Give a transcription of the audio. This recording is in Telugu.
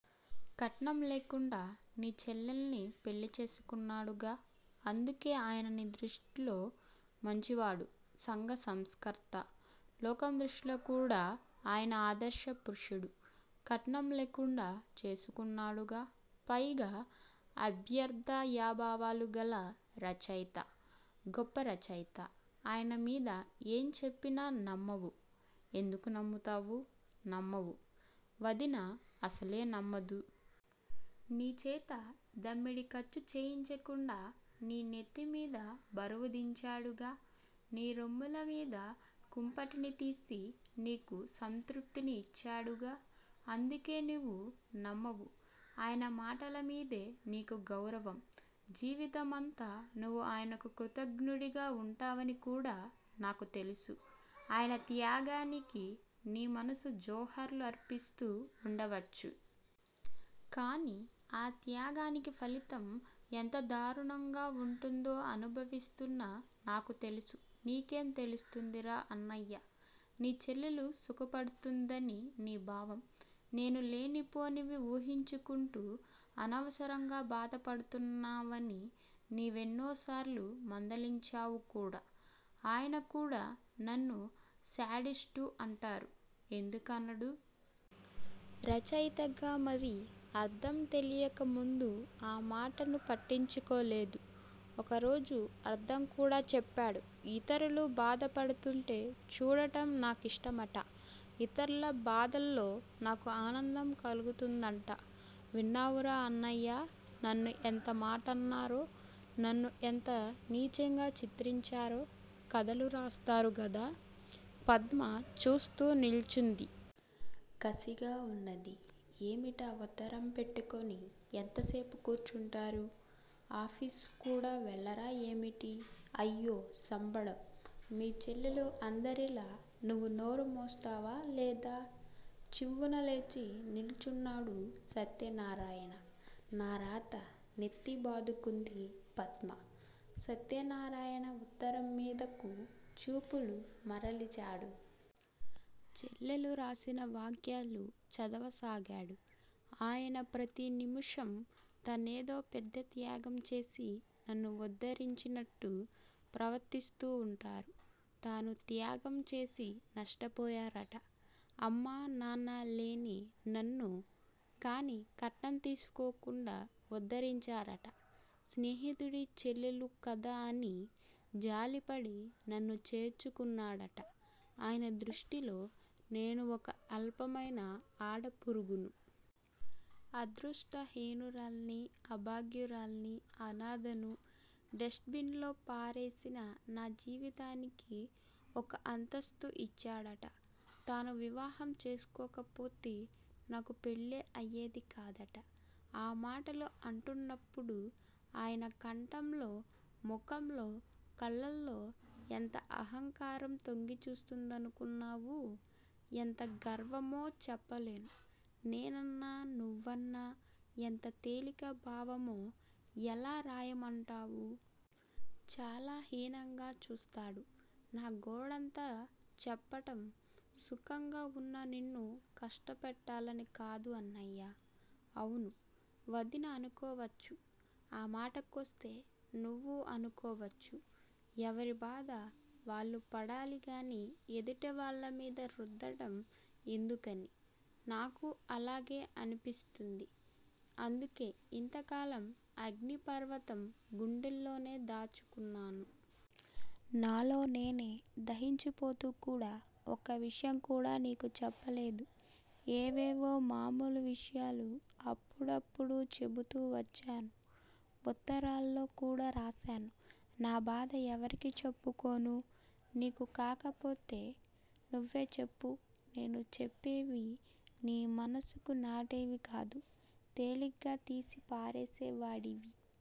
'కట్నం లేకుండా నీ చెల్లెల్నిపెళ్ళిచేసుకున్నాడుగా! అందుకే ఆయన నీ దృష్టిలో మంచివాడు. సంఘ సంస్కర్త. లోకం దృష్టిలో కూడా ఆయన ఆదర్శపురుషుడు. కట్నం లేకుండా చేసుకున్నాడుగా? పైగా అభ్య్దయభావాలుగల రచయిత! గొప్ప రచయిత. ఆయన మీద ఏం చెప్పినా నమ్మవు. ఎందుకు నమ్ముతావు? నమ్మవు. వదిన అసలే నమ్మదు. నీచేత దమ్మిడీ ఖర్చు చేయించకుండా నీ నెత్తిమీద బరువు దించాడుగా? నీ రొమ్ములమీద కుంపటిని తీసి నీకు సంతృప్తిని ఇచ్చాడుగా? అందుకే నువ్వు నమ్మవు. ఆయన మాటలమీదే నీకు గౌరవం! జీవితమంతా నువ్వు ఆయనకు కృతజ్ఞుడిగా వుంటావనికూడా నాకు తెలుసు. ఆయన త్యాగానికి నీ మనసు జోహార్లు అర్పిస్తూ వుండవచ్చు! కాని ఆ త్యాగానికి ఫలితం ఎంత దారుణంగా వుంటుందో అనుభవిస్తున్న నాకు తెలుసు. నీకేం తెలుస్తుందిరా అన్నయ్యా? నీ చెల్లెలు సుఖపడుతుందని నీ భావం. నేను లేనిపోనివి ఊహించుకుంటూ అనవసరంగా బాధపడుతున్నావని నీ వేన్నిసార్లో మందలించావు కూడా. ఆయన కూడా నన్ను 'శాడిస్టు' అంటారు! ఎందుకనడూ? రచయితగా మరి? అర్థం తెలియక ముందు ఆ మాటను పట్టించుకోలేదు. ఒకరోజు అర్థం కూడా చెప్పాడు. ఇతరులు బాధపడుతుంటే చూడటం నా కిష్టమట. ఇతర్ల బాధల్లో నాకు ఆనందం కలుగుతుందట! విన్నావురా అన్నయ్య? నన్ను ఎంతమాటన్నారో? నన్ను ఎంత నీచంగా చిత్రించారో! కథలు రాస్తారుగదూ! పద్మ చూస్తూ నిల్చుంది. కసిగా అన్నది- ఏమిటా ఉత్తరం పెట్టుకొని ఎంతసేపు కూర్చుంటారు? ఆఫీసుక్కూడా వెళ్ళారా ఏమిటి? అయ్యో సంబడం! మీ చెల్లెలు అందరిలా నువ్వు నోరు మూస్తావా లేదా? చివ్వున లేచి నిల్చున్నాడు సత్యనారాయణ. నా రాత! నెత్తి బాదుకుంది పద్మ. సత్యనారాయణ ఉత్తరం మీదకు చూపులు మరలిచాడు. చెల్లెలు రాసిన వాక్యాలు చదవసాగాడు. ఆయన ప్రతి నిముషం తనేదో పెద్ద త్యాగంచేసి నన్ను ఉద్ధరించినట్టు ప్రవర్తిస్తూ వుంటారు! తాను త్యాగంచేసి నష్టపోయారట. అమ్మా నాన్నా లేని నన్ను కానీ కట్నం తీసుకోకుండా ఉద్దరించారట. స్నేహితుడి చెల్లెలు కదా అని జాలిపడి నన్ను చేసుకున్నాడట! ఆయన దృష్టిలో నేను ఒక అల్పమైన ఆడపురుగును! అదృష్టహీనురాల్ని! అభాగ్యురాల్ని! అనాథను! డస్టుబిన్ లో పారేసిన నా జీవితానికి ఒక అంతస్తు ఇచ్చాడట. తాను వివాహం చేసుకోకపోతే నాకు పెళ్ళే అయేది కాదట! ఆ మాటలు అంటున్నప్పుడు ఆయన కంఠంలో, ముఖంలో, కళ్ళల్లో ఎంత అహంకారం తొంగి చూస్తుందనుకున్నావు? ఎంత గర్వమో చెప్పలేను. నేనన్నా, నువ్వన్నా ఎంత తేలిక భావమో ఎలా రాయమంటావు? చాలా హీనంగా చూస్తాడు. నా గోడంతా చెప్పడం సుఖంగా వున్న నిన్ను కష్టపెట్టాలని కాదు అన్నయ్యా! అవును! వదిన అనుకోవచ్చు! ఆ మాటకొస్తే నువ్వు అనుకోవచ్చు! ఎవరి బాధ వాళ్ళు పడాలిగాని ఎదుటివాళ్ళ మీద రుద్దడం ఎందుకని? నాకూ అలాగే అనిపిస్తుంది. అందుకే ఇంతకాలం అగ్ని పర్వతం గుండెల్లోనే దాచుకున్నాను. నాలో నేనే దహించిపోతూ కూడా ఒక్క విషయం కూడా నీకు చెప్పలేదు. ఏవేవో మామూలు విషయాలు అప్పుడప్పుడూ చెబుతూ వచ్చాను. ఉత్తరాల్లో కూడా రాశాను. నా బాధ ఎవరికి చెప్పుకోను నీకు కాకపోతే? నువ్వే చెప్పు! నేను చెప్పేవి నీ మనసుకు నాటేవి కాదు. తేలిగ్గా తీసి పారేసేవాడివి!